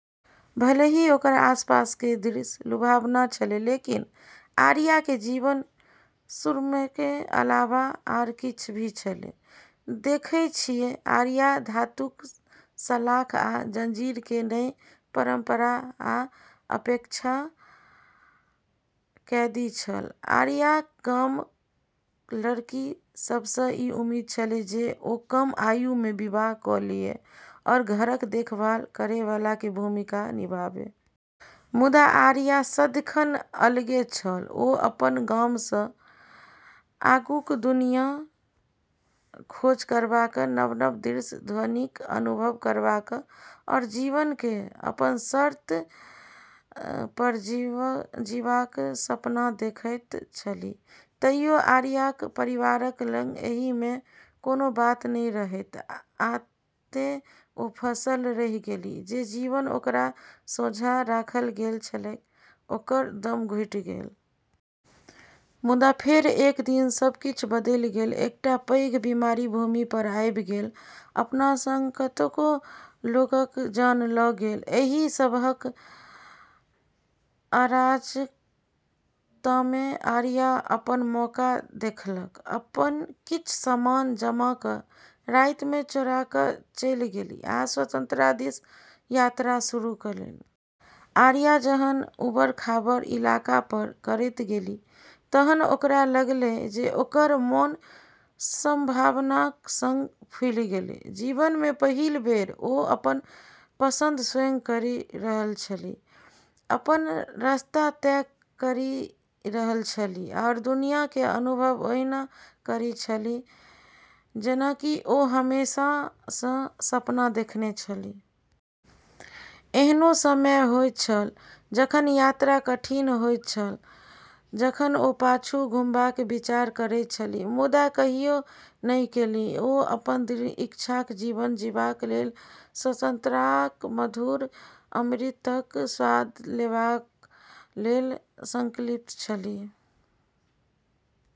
भले ही ओकर आसपासके दृश्य लुभावना छलै, लेकिन आरियाके जीवन सुरम्यके अलावा आर किछ भी छलै। देखै छियै, आरिया धातुके सलाख आ जंजीरके नहि, परंपरा आ अपेक्षाके कैदी छल। आरियाक गाममे लड़की सभसँ ई उम्मीद छलै जे ओ कम आयुमे विवाह क' लिए आ घरक देखभाल करैबलाकेँ भूमिका निभाबै । मुदा आरिया सदिखन अलगे छल; ओ अपन गामसँ आगूक दुनियाँक खोज करबाक, नव-नव दृश्य-ध्वनिक अनुभव करबाक, आ जीवनकेँ अपन शर्त पर जीबाक सपना देखैत छलीह तइयो आरियाक परिवार लग एहिमे सँ कोनो बात नहि रहैत, आ तें ओ फँसल रहि गेलीह, जे जीवन ओकरा सोझाँ राखल गेल छलैक, ओकर दम घुटि गेल। मुदा फेर, एक दिन, सब किछ बदलि गेल। एकटा पैघ बीमारी भूमि पर आबि गेल, अपना सङ्ग कतेको लोकक जान ल' गेल। एहि सबहक अराजकतामे आरिया अपन मौका देखलक। अपन किछ सामान जमा क' रातिमे चोरा क' चलि गेलीह आ स्वतंत्रता दिस यात्रा शुरू केलनि। आरिया जखन उबड़-खाबड़ इलाका पार करैत गेलीह तखन ओकरा लागलै जे ओकर मोन संभावनाक संग फूलि गेलै। जीवनमे पहिल बेर ओ अपन पसंद स्वयं करि रहल छली, अपन रस्ता तय करि रहल छली, आओर दुनिया केर अनुभव ओहिना करि रहल छली, जेना कि ओ हमेशासँ सपना देखने छली। एहनो समय होइत छल जखन यात्रा कठिन होइत छल, जखन ओ पाछू घुमबाक विचार करैत छलीह, मुदा कहियो नहि केलनि। ओ अपन इच्छाक जीवन जीबाक लेल, स्वतंत्रताक मधुर अमृतक स्वाद लेबाक लेल संकल्पित छलीह।